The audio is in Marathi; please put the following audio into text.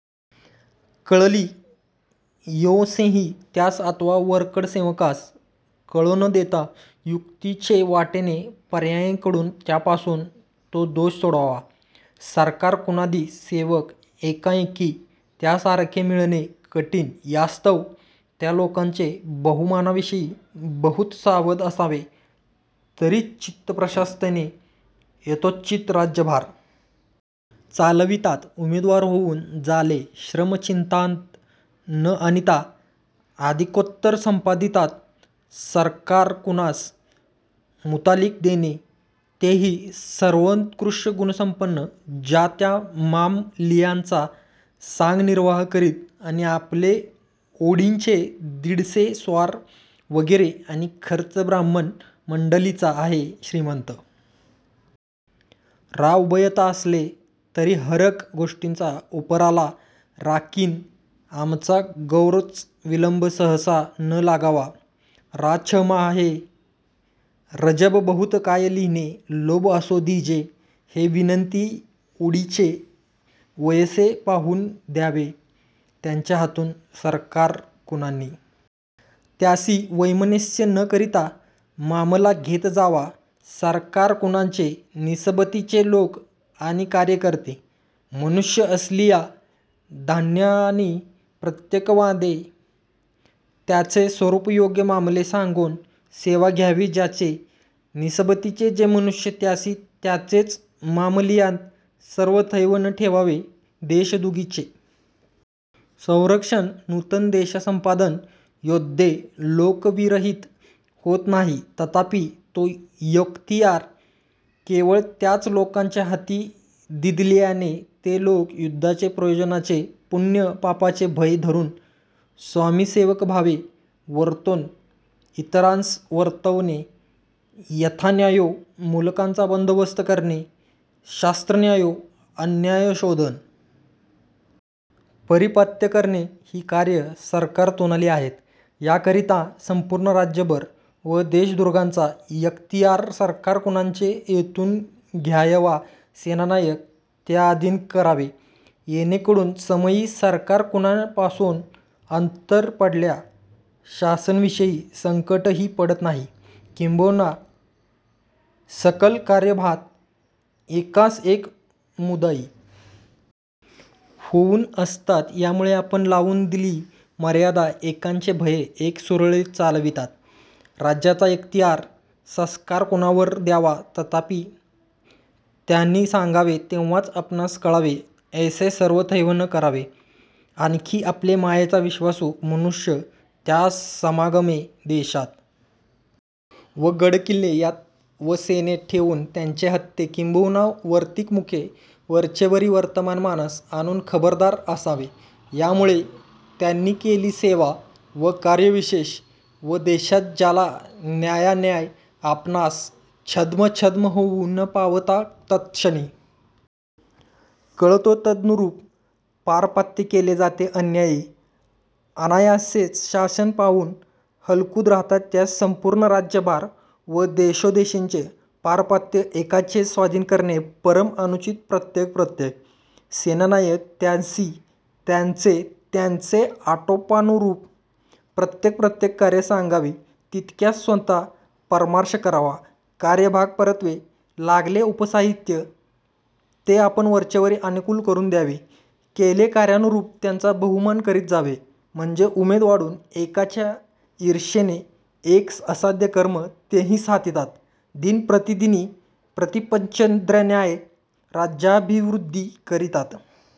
कळली यैसेंहि त्यास आथवा वरकड सेवकांस कळों न देतां युक्तीचे वाटेने पर्यायेंकडून त्यापासून तो दोष सोडवावा सरकारकुनादि सेवक येकायेकीं त्यासारिखे मिळणें कठीण यास्तव त्या लोकांचे बहुमानविषयीं बहुत सावध असावें तरीच चित्तप्रशस्ततेने यथोचित राज्यभार चालवितात उमेदवार होऊन जाले श्रम चित्तांत न आणितां अधिकोत्तर संपादितात सरकारकुनास मुतालिक देणें तेहि सर्वोत्कर्षगुणसंपन्न ज्या त्या मामलियाचा सांग निर्वाह करीत आणि आपले वोढीचे दीडसे स्वार वगैरे आणि खर्च ब्राम्हण मंडलीचा आहे श्रीमंत राा उभयता असले तरी हरक गोष्टींचा उपराला राखीन आमचा गौरच विलंब सहसा न लागावा राा छ माहे रजब बहुत काय लिहिणे लोभ असो दीजे हे विनंती वोढीचे वयैसे पाहून द्यावे त्यांचे हतून सरकारकुनांनी त्यांसी वैषम्य न करितां मामला घेत जावा सरकारकुनाचे निसबतीचे लोक आणि कार्यकर्ते मनुष्य असलिया धण्यांनी प्रत्यकवादें त्याचे स्वरुपायोग्य मामले सांगोन सेवा घ्यावी ज्याचे निसबतीचें जें मनुष्य त्यासी त्याचेच मामलियांत सर्वथैव न ठेवावें देशदुगचिं संरक्षण नूतनदेशसंपादन योद्धे लोकांविरहित होत नाहीं तथापि तो यख्तियार केवळ त्याच लोकांचे हतीं दिधलियाने ते लोक युद्धाचे प्रयोजनाचे पूण्य पापाचे भय धरून स्वामिसेवकभावें वर्तोन इतरांस वर्तवणें यथान्यायें मुलकाचा बंदोबस्त करणें शास्त्रन्यायें अन्याय शोधून पारिपत्य करणें हीं कार्ये सरकारतुनालीं आहेत याकरितां संपूर्ण राज्यभार व देशदुर्गाचा यख्तियार सरकारकुनाचे एतून घयावा सेनानायक त्याआधीन करावे येणेंकडून समयीं सरकारकुनापासोन अंतर पडल्या शासनाविषयीं संकटहि पडत नाहीं किंबहुना सकल कार्यभागांत येकास येक मुदई होऊन असतात यामुळे आपण लाऊन दिल्ही मर्यादा येकाचे भयें येक सुरळीत चालवितात राज्याचा यख्तीयार सस्कारकुनावर द्यावा तथापि त्यांणी सांगावें तेव्हाच आपणास कळावें यैसें सर्वथैव न करावें आणखी आपले मायेचा विश्वासू मनुष्य त्यासमागमें देशांत व गडकिल्ले यांत व सेनेंत ठेऊन त्यांचे हतें किंबहुना वार्तिकमुखें वरचेवरी वर्तमान मनास आणून खबरदार आसावें यामुळे त्यांणी केली सेवा व कार्यविशेष व देशांत जाला न्यायान्याय आपणांस छद्म छद्म होऊं न पावतां तत्क्षणीं कळतो तदनुरुप पारपत्य केलें जातें अन्यायी आनायासेंच शासन पाऊन हलखुद राहतात त्यास संपूर्ण राज्यभार व देशोदेशींचे पारपत्य येकाचेच स्वाधीन करणें परम आनुचित प्रत्यक प्रत्यक सेनानायक त्यांसी त्यांचे त्यांचे आटोपानरूप प्रत्यक प्रत्यक कार्ये सांगावीं तितक्यांचा स्वतां परामर्ष करावा कार्यभागपरत्वें लागलें उपसाहित्य तें आपण वरचेवरी आनकूल करून द्यावें केले कार्यानुरुप त्याचा बहुमान करीत जावे म्हणजे उमेद वाढून येकाचे इर्षेने येक असाध्य कर्म तेंहि साथितात दिन प्रतिदिनीं प्रतिपच्चंद्रन्याय राज्याभिवृद्धि करितात.